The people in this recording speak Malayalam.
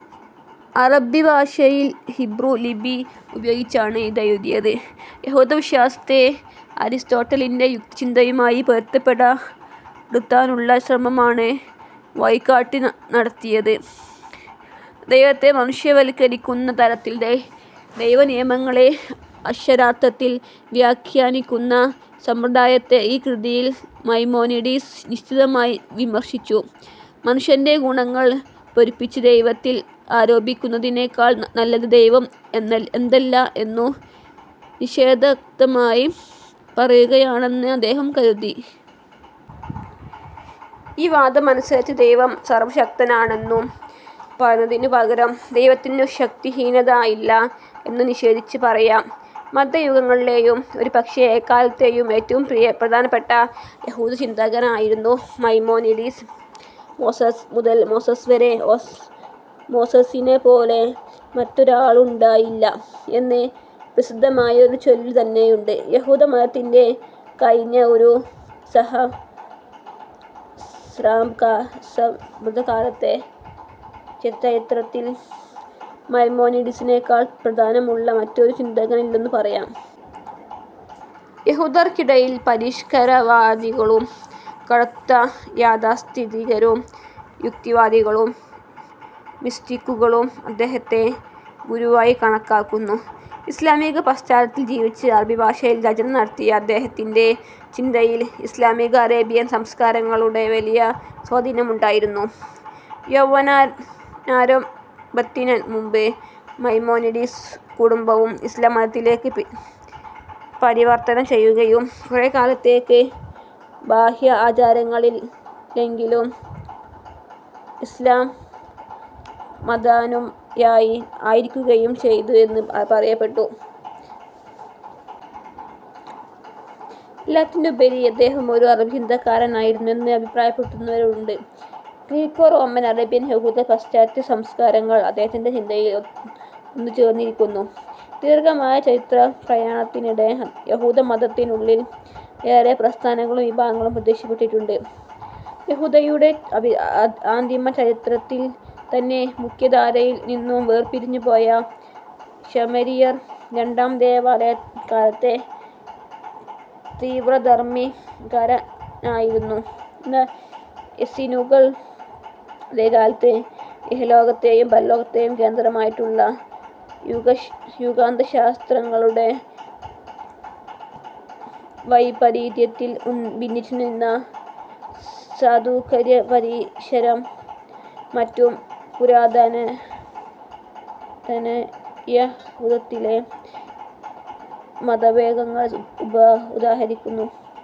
അറബി ഭാഷയിൽ, ഹീബ്രൂ ലിപി ഉപയോഗിച്ചാണ് ഇതെഴുതിയത്. യഹൂദവിശ്വാസത്തെ അരിസ്റ്റോട്ടലിന്റെ യുക്തിചിന്തയുമായി പൊരുത്തപ്പെടുത്താനുള്ള ശ്രമമാണ് 'വഴികാട്ടി' നടത്തിയത്. ദൈവത്തെ മനുഷ്യവൽക്കരിക്കുന്ന തരത്തിൽ ദൈവനിയമങ്ങളെ അക്ഷരാർഥത്തിൽ വ്യാഖ്യാനിക്കുന്ന സമ്പ്രദായത്തെ ഈ കൃതിയിൽ മൈമോനിഡിസ് നിശിതമായി വിമർശിച്ചു. മനുഷ്യന്റെ ഗുണങ്ങൾ പെരുപ്പിച്ച് ദൈവത്തിൽ അരോപിക്കുന്നതിനേക്കാൾ നല്ലത്, ദൈവം എന്തല്ല എന്നു നിഷേധാത്മകമായി പറയുന്നതാണെന്ന് അദ്ദേഹം കരുതി. ഈ വാദം അനുസരിച്ച്, ദൈവം സർവശക്തനാണെന്നു പറയുന്നതിനു പകരം "ദൈവത്തിനു ശക്തിഹീനത ഇല്ല" എന്നു നിഷേധിച്ച് പറയാം. മദ്ധ്യയുഗങ്ങളിലെയും, ഒരുപക്ഷേ എല്ലാക്കാലത്തേയും, ഏറ്റവും പ്രധാനപ്പെട്ട യഹൂദചിന്തകനായിരുന്നു മൈമോനിഡിസ്. "മോസസ് മുതൽ മോസസ് വരെ മോസസിനെപ്പോലെ മറ്റൊരാളുണ്ടായില്ല" എന്ന് പ്രസിദ്ധമായൊരു ചൊല്ലു തന്നെയുണ്ട്. യഹൂദമതത്തിന്റെ കഴിഞ്ഞ ഒരു സഹസ്രാബ്ദക്കാലത്തെ ചരിത്രത്തിൽ മൈമോനിഡിസിനെക്കാൾ പ്രധാന്യമുള്ള മറ്റൊരു ചിന്തകനില്ലെന്നു പറയാം. യഹൂദർക്കിടയിൽ പരിഷ്കരണവാദികളും കടുത്ത യാഥാസ്ഥിതികരും യുക്തിവാദികളും മിസ്റ്റിക്കുകളും അദ്ദേഹത്തെ ഗുരുവായി കണക്കാക്കുന്നു. ഇസ്ലാമിക പാശ്ചാത്തലത്തിൽ ജീവിച്ച് അറബി ഭാഷയിൽ രചനനടത്തിയ അദ്ദേഹത്തിന്റെ ചിന്തയിൽ ഇസ്ലാമിക-അറേബ്യൻ സംസ്കാരങ്ങളുടെ വലിയ സ്വാധീനമുണ്ടായിരുന്നു. യൗവനാരംഭത്തിനുമുൻപ് മൈമോനിഡിസും കുടുംബവും ഇസ്ലാം മതത്തിലേക്ക് പരിവർത്തനം ചെയ്യുകയും കുറേക്കാലത്തേക്ക്, ബാഹ്യ ആചാരങ്ങളിലെങ്കിലും ഇസ്ലാം മതാനുയായി ആയിരിക്കുകയും ചെയ്തു എന്ന് പറയപ്പെടുന്നു. എല്ലാത്തിനുമുപരി അദ്ദേഹം ഒരു അറബി ചിന്തകനായിരുന്നു എന്ന് അഭിപ്രായപ്പെടുന്നവരുണ്ട്. ഗ്രീക്കോറോമൻ, അറേബ്യൻ, യഹൂദ, പാശ്ചാത്യ സംസ്കാരങ്ങൾ അദ്ദേഹത്തിന്റെ ചിന്തയിൽ ഒന്നുചേർന്നിരിക്കുന്നു. ദീർഘമായ ചരിത്രപ്രയാണത്തിനിടെ യഹുദമതത്തിനുള്ളിൽ ഏറെ പ്രസ്ഥാനങ്ങളും വിഭാഗങ്ങളും പ്രത്യക്ഷപ്പെട്ടിട്ടുണ്ട്. യഹൂദതയുടെ ആദിമചരിത്രത്തിൽ തന്നെ മുഖ്യധാരയിൽ നിന്നു വേർപിരിഞ്ഞുപോയ ശമരിയർ, രണ്ടാംദേവാലയകാലത്തെ തീവ്രധാർമ്മികരായിരുന്ന എസ്സീനുകൾ, അതേകാലത്ത് ഇഹലോകത്തേയും പരലോകത്തേയും കേന്ദ്രമാക്കിയുള്ള യുഗാന്തശാസ്ത്രങ്ങളുടെ വൈപരീത്യത്തിൽ ഭിന്നിച്ചു നിന്ന സദൂക്യരും പരീശരും മറ്റും പുരാതനയഹൂദതയിലെ മതഭേദങ്ങളെ ഉദാഹരിക്കുന്നു.